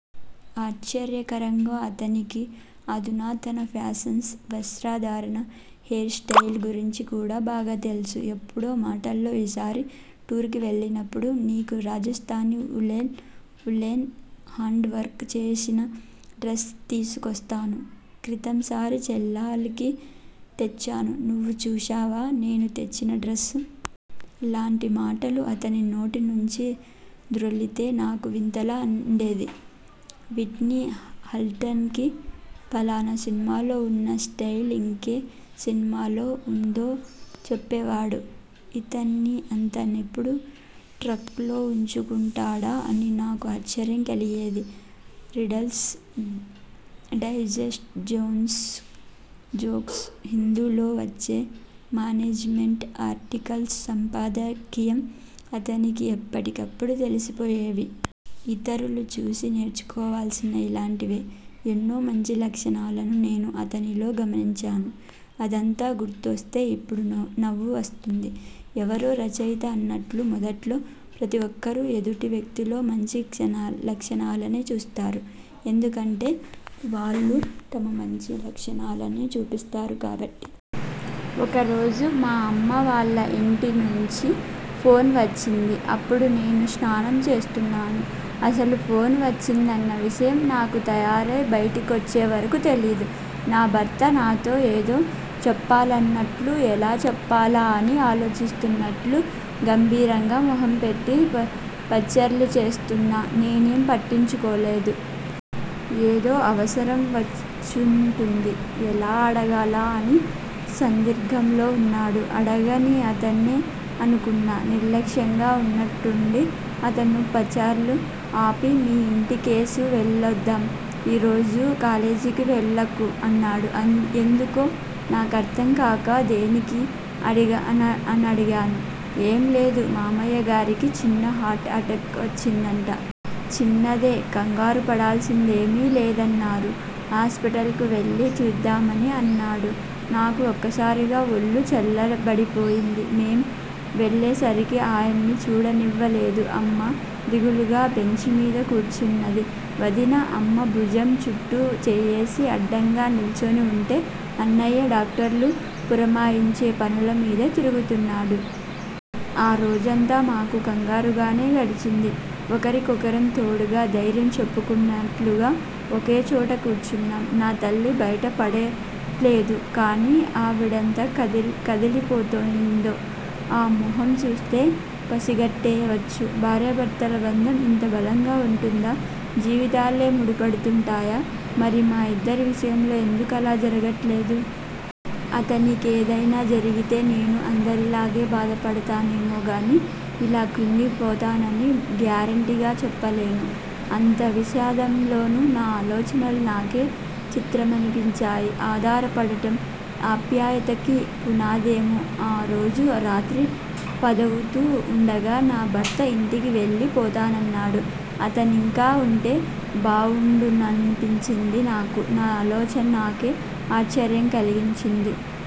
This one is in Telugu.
ఆశ్చర్యకరంగా అతనికి అధునాతన ఫ్యాషన్స్, వస్త్రధారణ, హెయిర్ స్టయిల్ గురించి కూడా బాగా తెలుసు. ఎప్పుడో మాటల్లో ఈసారి టూర్ కి వెళ్ళినప్పుడు నీకు రాజస్థానీ ఉలెన్ హాండ్ వర్క్ చేసిన డ్రెస్ తీసుకొస్తాను. క్రితం సారి చెల్లాలికి తెచ్చాను. నువ్వు చూశావా నేను తెచ్చిన డ్రెస్? లాంటి మాటలు అతని నోటినుంచి ద్రొలితే నాకు వింతగా వుండేది. విట్నీ హాస్టన్ కి ఫలానా సినిమాలో వున్న స్టయిల్ ఇంకే సినిమాలో వుందో చెప్పేవాడు. ఇతన్ని అతనెప్పుడు ట్రక్ లో ఉంచుకుంటాడా అని నాకు ఆశ్చర్యం కలిగేది. రీడల్స్ డైజెస్ట్ జోక్స్, 'హిందూ' లో వచ్చే మానేజిమెంట్ ఆర్టికల్స్, సంపాదకీయం అతనికి ఎప్పటికప్పుడు తెలిసిపోయేవి. ఇతరులు చూసి నేర్చుకోవాల్సిన ఇలాంటివే ఎన్నో మంచి లక్షణాలను నేను అతనిలో గమనించాను. అదంతా గుర్తొస్తే ఇప్పుడు నవ్వు వస్తూంది. ఎవరో రచయిత అన్నట్లు మొదట్లో ప్రతి ఒక్కరూ ఎదుటి వ్యక్తిలో మంచి లక్షణాలనే చూస్తారు. ఎందుకంటే వాళ్ళు తమ మంచి లక్షణాలనే చూపిస్తారు కాబట్టి! ఒకరోజు మా అమ్మా వాళ్ల ఇంటినుంచి ఫోన్ వచ్చింది. అప్పుడు నేను స్నానం చేస్తున్నాను. అసలు ఫోన్ వచ్చిందన్న విషయం నాకు తయారై బయటి కొచ్చేవరకూ తెలీదు. నా భర్త నాతో ఏదో చెప్పాలన్నట్లు, ఎలా చెప్పాలా అని ఆలోచిస్తున్నట్లు గంభీరంగా మొహం పెట్టి పచర్లు చేస్తున్నా, నేనేం పట్టించుకోలేదు. 'ఏదో అవసరం వచ్చుంటుంది, ఎలా అడగాలా అని సందిగంలో వున్నాడు. అడగనీ అతన్నే' అనుకున్నా నిర్లక్ష్యంగా. ఉన్నట్టుండి అతను పచార్లు ఆపి మీ ఇంటికేసి వెళ్ళొద్దాం. ఈ రోజు కాలేజీకి వెళ్ళకు అన్నాడు. ఎందుకో నాకర్థంకాక దేనికీ? అనడిగాను. ఏం లేదు. మామయ్యగారికి చిన్న హార్ట్ అటాక్ వచ్చిందట. చిన్నదే కంగారు పడాల్సిందేమీ లేదన్నారు. హాస్పిటల్ కు వెళ్ళి చూద్దామని అన్నాడు. నాకు ఒక్కసారిగా ఒళ్ళు చల్లబడిపోయింది. మేం వెళ్ళేసరికి ఆయన్ని చూడనివ్వలేదు. అమ్మ దిగులుగా బెంచిమీద కూర్చునంది. వదిన అమ్మ భుజం చుట్టూ చెయ్యేసి అండగా నిల్చోని వుంటే, అన్నయ్య డాక్టర్లు పురమాయించే పనుల మీద తిరుగుతున్నాడు. ఆ రోజంతా మాకు కంగారుగానే గడిచింది. ఒకరికొకరం తోడుగా, ధైర్యం చెప్పుకుంటున్నట్లుగా ఒకేచోట కూర్చున్నాం. నా తల్లి బయట పడట్లేదు కానీ ఆవిడెంత కదిలిపోతుందో ఆ మొహం చూస్తే పసిగట్టేయవచ్చు. భార్యాభర్తల బంధం ఇంత బలంగా వుంటుందా? జీవితాలే ముడిపడుతుంటాయా? మరి మా ఇద్దరి విషయంలో ఎందుకలా జరగట్లేదు? అతనికేదైనా జరిగితే నేనూ అందరిలాగే బాధపడతానేమోగానీ, ఇలా క్రుంగిపోతానని గ్యారంటీగా చెప్పలేను. అంత విషాదంలోనూ నా ఆలోచనలు నాకే చిత్రమనిపించాయి. 'ఆధారపడడం' ఆప్యాయతకి పునాదేమో! ఆ రోజు రాత్రి పదవుతూ వుండగా నా భర్త ఇంటికి వెళ్ళి పోతానన్నాడు. అతనింకా వుంటే బావుండుననిపించింది నాకు. నా ఆలోచన నాకే ఆశ్చర్యం కలిగించింది.